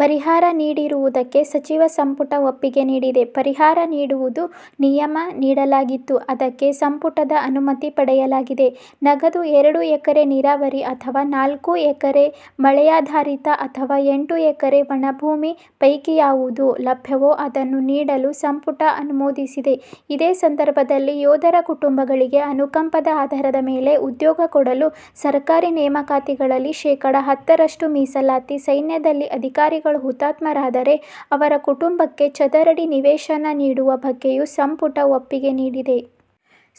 ಪರಿಹಾರ ನೀಡಿರುವುದಕ್ಕೆ ಸಚಿವ ಸಂಪುಟ ಒಪ್ಪಿಗೆ ನೀಡಿದೆ. ಪರಿಹಾರ ನೀಡುವುದು ನಿಯಮ. ನೀಡಲಾಗಿತ್ತು. ಅದಕ್ಕೆ ಸಂಪುಟದ ಅನುಮತಿ ಪಡೆಯಲಾಗಿದೆ. ನಗದು, ಎರಡು ಎಕರೆ ನೀರಾವರಿ ಅಥವಾ ನಾಲ್ಕು ಎಕರೆ ಮಳೆಯಾಧಾರಿತ ಅಥವಾ ಎಂಟು ಎಕರೆ ಒಣಭೂಮಿ ಪೈಕಿಯಾವುದು ಲಭ್ಯವೋ ಅದನ್ನು ನೀಡಲು ಸಂಪುಟ ಅನುಮೋದಿಸಿದೆ. ಇದೇ ಸಂದರ್ಭದಲ್ಲಿ ಯೋಧರ ಕುಟುಂಬಗಳಿಗೆ ಅನುಕಂಪದ ಆಧಾರದ ಮೇಲೆ ಉದ್ಯೋಗ ಕೊಡಲು ಸರ್ಕಾರಿ ನೇಮಕಾತಿಗಳಲ್ಲಿ ಶೇಖಡ ಹತ್ತರಷ್ಟು ಮೀಸಲಾತಿ, ಸೈನ್ಯದಲ್ಲಿ ಅಧಿಕಾರಿಗಳು ಹುತಾತ್ಮರಾದರೆ ಅವರ ಕುಟುಂಬಕ್ಕೆ ಚದರಡಿ ನಿವೇಶನ ನೀಡುವ ಬಗ್ಗೆಯೂ ಸಂಪುಟ ಒಪ್ಪಿಗೆ ನೀಡಿದೆ.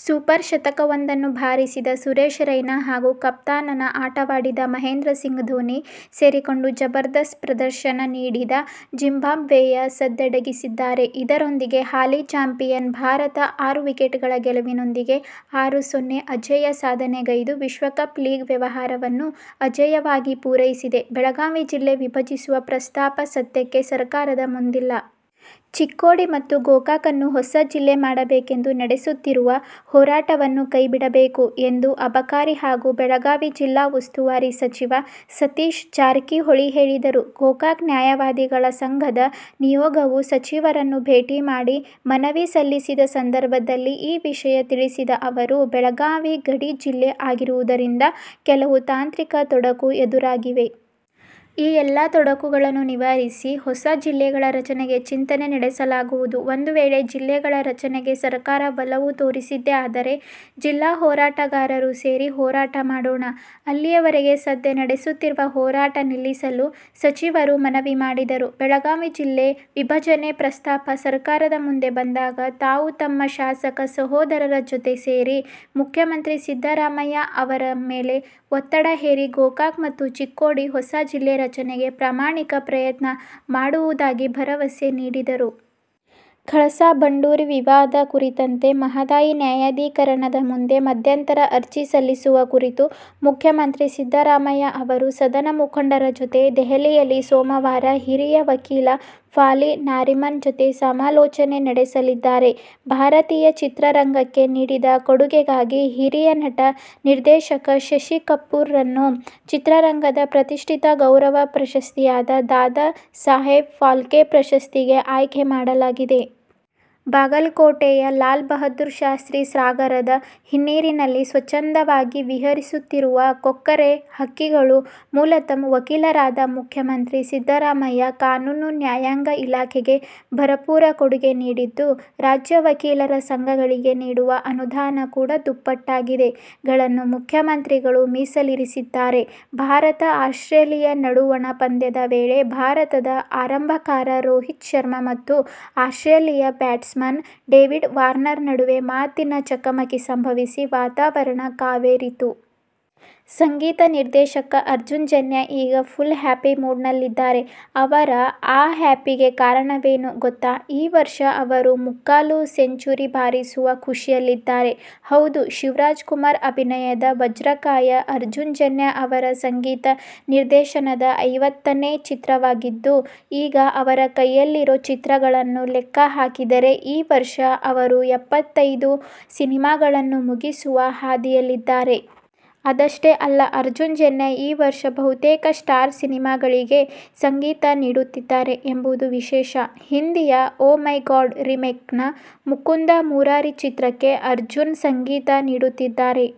ಸೂಪರ್ ಶತಕವೊಂದನ್ನು ಬಾರಿಸಿದ ಸುರೇಶ್ ರೈನಾ ಹಾಗೂ ಕಪ್ತಾನನ ಆಟವಾಡಿದ ಮಹೇಂದ್ರ ಸಿಂಗ್ ಧೋನಿ ಸೇರಿಕೊಂಡು ಜಬರ್ದಸ್ತ್ ಪ್ರದರ್ಶನ ನೀಡಿದ ಜಿಂಬಾಬ್ವೆಯ ಸದ್ದಡಗಿಸಿದ್ದಾರೆ. ಇದರೊಂದಿಗೆ ಹಾಲಿ ಚಾಂಪಿಯನ್ ಭಾರತ ಆರು ವಿಕೆಟ್ಗಳ ಗೆಲುವಿನೊಂದಿಗೆ ಆರು-ಸೊನ್ನೆ ಅಜೇಯ ಸಾಧನೆಗೈದು ವಿಶ್ವಕಪ್ ಲೀಗ್ ವ್ಯವಹಾರವನ್ನು ಅಜೇಯವಾಗಿ ಪೂರೈಸಿದೆ. ಬೆಳಗಾವಿ ಜಿಲ್ಲೆ ವಿಭಜಿಸುವ ಪ್ರಸ್ತಾಪ ಸದ್ಯಕ್ಕೆ ಸರ್ಕಾರದ ಮುಂದಿಲ್ಲ. ಚಿಕ್ಕೋಡಿ ಮತ್ತು ಗೋಕಾಕನ್ನು ಹೊಸ ಜಿಲ್ಲೆ ಮಾಡಬೇಕೆಂದು ನಡೆಸುತ್ತಿರುವ ಹೋರಾಟವನ್ನು ಕೈಬಿಡಬೇಕು ಎಂದು ಅಬಕಾರಿ ಹಾಗೂ ಬೆಳಗಾವಿ ಜಿಲ್ಲಾ ಉಸ್ತುವಾರಿ ಸಚಿವ ಸತೀಶ ಜಾರಕಿಹೊಳಿ ಹೇಳಿದರು. ಗೋಕಾಕ ನ್ಯಾಯವಾದಿಗಳ ಸಂಘದ ನಿಯೋಗವು ಸಚಿವರನ್ನು ಭೇಟಿ ಮಾಡಿ ಮನವಿ ಸಲ್ಲಿಸಿದ ಸಂದರ್ಭದಲ್ಲಿ ಈ ವಿಷಯ ತಿಳಿಸಿದ ಅವರು, ಬೆಳಗಾವಿ ಗಡಿ ಜಿಲ್ಲೆ ಆಗಿರುವುದರಿಂದ ಕೆಲವು ತಾಂತ್ರಿಕ ತೊಡಕು ಎದುರಾಗಿವೆ. ಈ ಎಲ್ಲ ತೊಡಕುಗಳನ್ನು ನಿವಾರಿಸಿ ಹೊಸ ಜಿಲ್ಲೆಗಳ ರಚನೆಗೆ ಚಿಂತನೆ ನಡೆಸಲಾಗುವುದು. ಒಂದು ವೇಳೆ ಜಿಲ್ಲೆಗಳ ರಚನೆಗೆ ಸರ್ಕಾರ ಒಲವು ತೋರಿಸಿದ್ದೇ ಆದರೆ, ಜಿಲ್ಲಾ ಹೋರಾಟಗಾರರು ಸೇರಿ ಹೋರಾಟ ಮಾಡೋಣ. ಅಲ್ಲಿಯವರೆಗೆ ಸದ್ಯ ನಡೆಸುತ್ತಿರುವ ಹೋರಾಟ ನಿಲ್ಲಿಸಲು ಸಚಿವರು ಮನವಿ ಮಾಡಿದರು. ಬೆಳಗಾವಿ ಜಿಲ್ಲೆ ವಿಭಜನೆ ಪ್ರಸ್ತಾಪ ಸರ್ಕಾರದ ಮುಂದೆ ಬಂದಾಗ ತಾವು ತಮ್ಮ ಶಾಸಕ ಸಹೋದರರ ಜತೆ ಸೇರಿ ಮುಖ್ಯಮಂತ್ರಿ ಸಿದ್ಧರಾಮಯ್ಯ ಅವರ ಮೇಲೆ ಒತ್ತಡ ಹೇರಿ ಗೋಕಾಕ ಮತ್ತು ಚಿಕ್ಕೋಡಿ ಹೊಸ ಜಿಲ್ಲೆ ರಚನೆಗೆ ಪ್ರಾಮಾಣಿಕ ಪ್ರಯತ್ನ ಮಾಡುವುದಾಗಿ ಭರವಸೆ ನೀಡಿದರು. ಕಳಸಾ ಬಂಡೂರಿ ವಿವಾದ ಕುರಿತಂತೆ ಮಹದಾಯಿ ನ್ಯಾಯಾಧಿಕರಣದ ಮುಂದೆ ಮಧ್ಯಂತರ ಅರ್ಜಿ ಸಲ್ಲಿಸುವ ಕುರಿತು ಮುಖ್ಯಮಂತ್ರಿ ಸಿದ್ದರಾಮಯ್ಯಅವರು ಸದನ ಮುಖಂಡರ ಜತೆ ದೆಹಲಿಯಲ್ಲಿ ಸೋಮವಾರ ಹಿರಿಯ ವಕೀಲ ಫಾಲಿ ನಾರಿಮನ್ ಜತೆ ಸಮಾಲೋಚನೆ ನಡೆಸಲಿದ್ದಾರೆ. ಭಾರತೀಯ ಚಿತ್ರರಂಗಕ್ಕೆ ನೀಡಿದ ಕೊಡೆಗೆಗಾಗಿ ಹಿರಿಯ ನಟ/ನಿರ್ದೇಶಕ ಶಶಿ ಕಪೂರ್ ರನ್ನು ಚಿತ್ರರಂಗದ ಪ್ರತಿಷ್ಠಿತ ಗೌರವ ಪ್ರಶಸ್ತಿಯಾದ ದಾದಾ ಸಾಹೇಬ್ ಫಾಲ್ಕೆ ಪ್ರಶಸ್ತಿಗೆ ಆಯ್ಕೆ ಮಾಡಲಾಗಿದೆ. ಬಾಗಲಕೋಟೆಯ ಲಾಲ್ ಬಹದ್ದೂರ್ ಶಾಸ್ತ್ರಿ ಸಾಗರದ ಹಿನ್ನೀರಿನಲ್ಲಿ ಸ್ವಚ್ಛಂದವಾಗಿ ವಿಹರಿಸುತ್ತಿರುವ ಕೊಕ್ಕರೆ ಹಕ್ಕಿಗಳು. ಮೂಲತಃ ವಕೀಲರಾದ ಮುಖ್ಯಮಂತ್ರಿ ಸಿದ್ದರಾಮಯ್ಯ, ಕಾನೂನು, ನ್ಯಾಯಾಂಗ ಇಲಾಖೆಗೆ ಭರಪೂರ ಕೊಡುಗೆ ನೀಡಿದ್ದು, ರಾಜ್ಯ ವಕೀಲರ ಸಂಘಗಳಿಗೆ ನೀಡುವ ಅನುದಾನ ಕೂಡ ದುಪ್ಪಟ್ಟಾಗಿದೆ. ಗಳನ್ನು ಮುಖ್ಯಮಂತ್ರಿಗಳು ಮೀಸಲಿರಿಸಿದ್ದಾರೆ. ಭಾರತ-ಆಸ್ಟ್ರೇಲಿಯ ನಡುವಣ ಪಂದ್ಯದ ವೇಳೆ ಭಾರತದ ಆರಂಭಕಾರ ರೋಹಿತ್ ಶರ್ಮಾ ಮತ್ತು ಆಸ್ಟ್ರೇಲಿಯ ಬ್ಯಾಟ್ಸ್ಮನ್ ಡೇವಿಡ್ ವಾರ್ನರ್ ನಡುವೆ ಮಾತಿನ ಚಕಮಕಿ ಸಂಭವಿಸಿ ವಾತಾವರಣ ಕಾವೇರಿತು. ಸಂಗೀತ ನಿರ್ದೇಶಕ ಅರ್ಜುನ್ ಜನ್ಯ ಈಗ ಫುಲ್ ಹ್ಯಾಪಿಮೂಡ್ನಲ್ಲಿದ್ದಾರೆ. ಅವರ ಆ ಹ್ಯಾಪಿಗೆ ಕಾರಣವೇನು ಗೊತ್ತಾ ಈ ವರ್ಷ ಅವರು ಮುಕ್ಕಾಲು ಸೆಂಚುರಿ ಬಾರಿಸುವ ಖುಷಿಯಲ್ಲಿದ್ದಾರೆ. ಹೌದು, ಶಿವರಾಜ್ಕುಮಾರ್ ಅಭಿನಯದ ವಜ್ರಕಾಯ ಅರ್ಜುನ್ ಜನ್ಯ ಅವರ ಸಂಗೀತ ನಿರ್ದೇಶನದ ಐವತ್ತನೇ ಚಿತ್ರವಾಗಿತ್ತು. ಈಗ ಅವರ ಕೈಯಲ್ಲಿರೋ ಚಿತ್ರಗಳನ್ನು ಲೆಕ್ಕ ಹಾಕಿದರೆ, ಈ ವರ್ಷ ಅವರು ಎಪ್ಪತ್ತೈದು ಸಿನಿಮಾಗಳನ್ನು ಮುಗಿಸುವ ಹಾದಿಯಲ್ಲಿದ್ದಾರೆ. ಅದಷ್ಟೇ ಅಲ್ಲ, ಅರ್ಜುನ್ ಜನ್ಯ ಈ ವರ್ಷ ಬಹುತೇಕ ಸ್ಟಾರ್ ಸಿನಿಮಾಗಳಿಗೆ ಸಂಗೀತ ನೀಡುತ್ತಿದ್ದಾರೆ ಎಂಬುದು ವಿಶೇಷ. ಹಿಂದಿಯ "ಓ ಮೈ ಗಾಡ್' ರಿಮೇಕ್ನ "ಮುಕುಂದ ಮುರಾರಿ' ಚಿತ್ರಕ್ಕೆ ಅರ್ಜುನ್ ಸಂಗೀತ ನೀಡುತ್ತಿದ್ದಾರೆ.